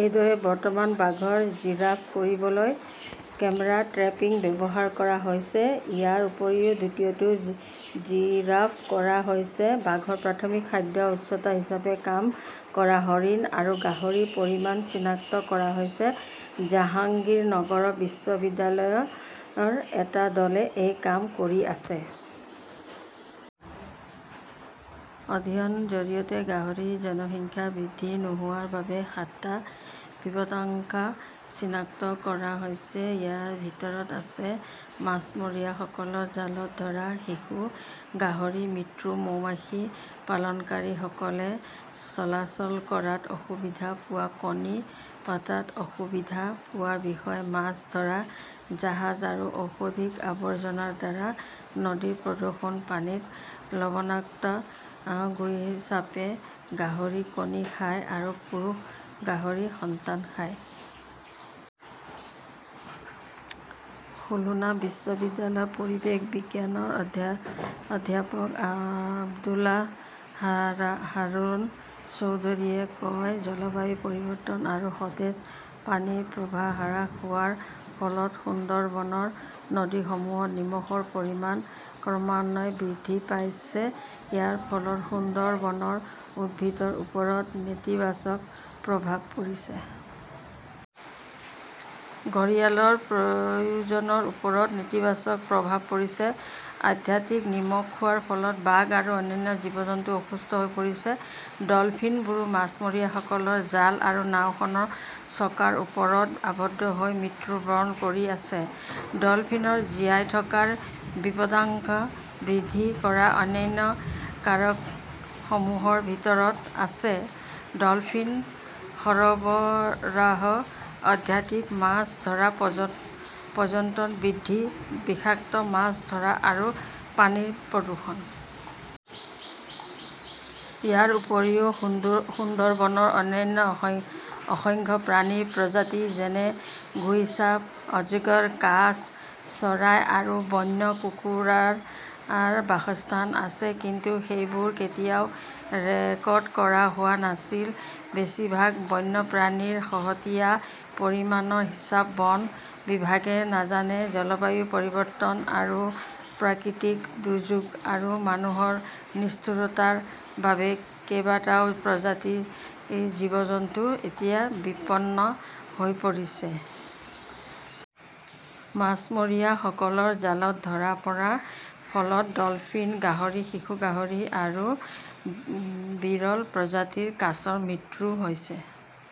এইদৰে বৰ্তমান বাঘৰ জীৰা কৰিবলৈ কেমেৰা ট্ৰেপিং ব্যৱহাৰ কৰা হৈছে। ইয়াৰ উপৰিও, দ্বিতীয়টো জীৰাপ কৰা হৈছে। বাঘৰ প্ৰাথমিক খাদ্যৰ উৎস হিচাপে কাম কৰা হৰিণ আৰু গাহৰিৰ পৰিমাণ চিনাক্ত কৰা হৈছে। জাহাংগীৰনগৰ বিশ্ববিদ্যালয়ৰ এটা দলে এই কাম কৰি আছে। অধ্যয়নৰ জৰিয়তে গাহৰিৰ জনসংখ্যা বৃদ্ধি নোহোৱাৰ বাবে সাতটা বিপদাশংকা চিনাক্ত কৰা হৈছে। ইয়াৰ ভিতৰত আছে মাছমৰীয়াসকলৰ জালত ধৰা শিশু গাহৰিৰ মৃত্যু, মৌমাখি পালনকাৰীসকলে চলাচল কৰাত অসুবিধা পোৱা, কণী পাতাত অসুবিধা পোৱা, বিষৰে মাছ ধৰা, জাহাজ আৰু ঔদ্যোগিক আৱৰ্জনাৰ দ্বাৰা নদীৰ প্ৰদূষণ, পানীত লবণাক্ততা, গুইছাপ্পে গাহৰিৰ কণী খায় আৰু পুৰুষ গাহৰিৰ সন্তান খায়। খুলনা বিশ্ববিদ্যালয়ৰ পৰিৱেশ বিজ্ঞানৰ অধ্যাপক আব্দুল্লাহ হাৰুন চৌধুৰীয়ে কয় জলবায়ু পৰিৱৰ্তন আৰু সতেজ পানীৰ প্ৰৱাহ হ্ৰাস হোৱাৰ ফলত সুন্দৰবনৰ নদীসমূহত নিমখৰ পৰিমাণ ক্ৰমান্বয়ে বৃদ্ধি পাইছে। ইয়াৰ ফলত সুন্দৰবনৰ উদ্ভিদৰ ওপৰত নেতিবাচক প্ৰভাৱ পৰিছে। ঘঁৰিয়ালৰ প্ৰজননৰ ওপৰত নেতিবাচক প্ৰভাৱ পৰিছে। অত্যাধিক নিমখ খোৱাৰ ফলত বাঘ আৰু অন্যান্য জীৱ-জন্তু অসুস্থ হৈ পৰিছে। ডল্ফিনবোৰ মাছমৰীয়াসকলৰ জাল আৰু নাওখনৰ চকাৰ ওপৰত আবদ্ধ হৈ মৃত্যুবৰণ কৰি আছে। ডলফিনৰ জীয়াই থকাৰ বিপদাশংকা বৃদ্ধি কৰা অন্যান্য কাৰকসমূহৰ ভিতৰত আছে ডলফিন সৰবৰাহ, অত্যাধিক মাছ ধৰা, পয পৰ্যটন বৃদ্ধি, বিষাক্ত মাছ ধৰা আৰু পানীৰ প্ৰদূষণ। ইয়াৰ উপৰিও, সুন্দুৰ সুন্দৰবনত অন্যান্য অসংখ্য প্ৰাণীৰ প্ৰজাতি যেনে গুইছাপ, অজগৰ, কাছ, চৰাই আৰু বন্য কুকুৰাৰ বাসস্থান আছে, কিন্তু সেইবোৰ কেতিয়াও ৰেকৰ্ড কৰা হোৱা নাছিল। বেছিভাগ বন্যপ্ৰাণীৰ শেহতীয়া পৰিমাণৰ হিচাপ বন বিভাগে নাজানে। জলবায়ু পৰিৱৰ্তন আৰু প্ৰাকৃতিক দুৰ্যোগ আৰু মানুহৰ নিষ্ঠুৰতাৰ বাবে কেইবাটাও প্ৰজাতিৰ জীৱ-জন্তু এতিয়া বিপন্ন হৈ পৰিছে। মাছমৰীয়াসকলৰ জালত ধৰা পৰাৰ ফলত ডলফিন, গাহৰি, শিশু গাহৰি আৰু বিৰল প্ৰজাতিৰ কাছৰ মৃত্যু হৈছে।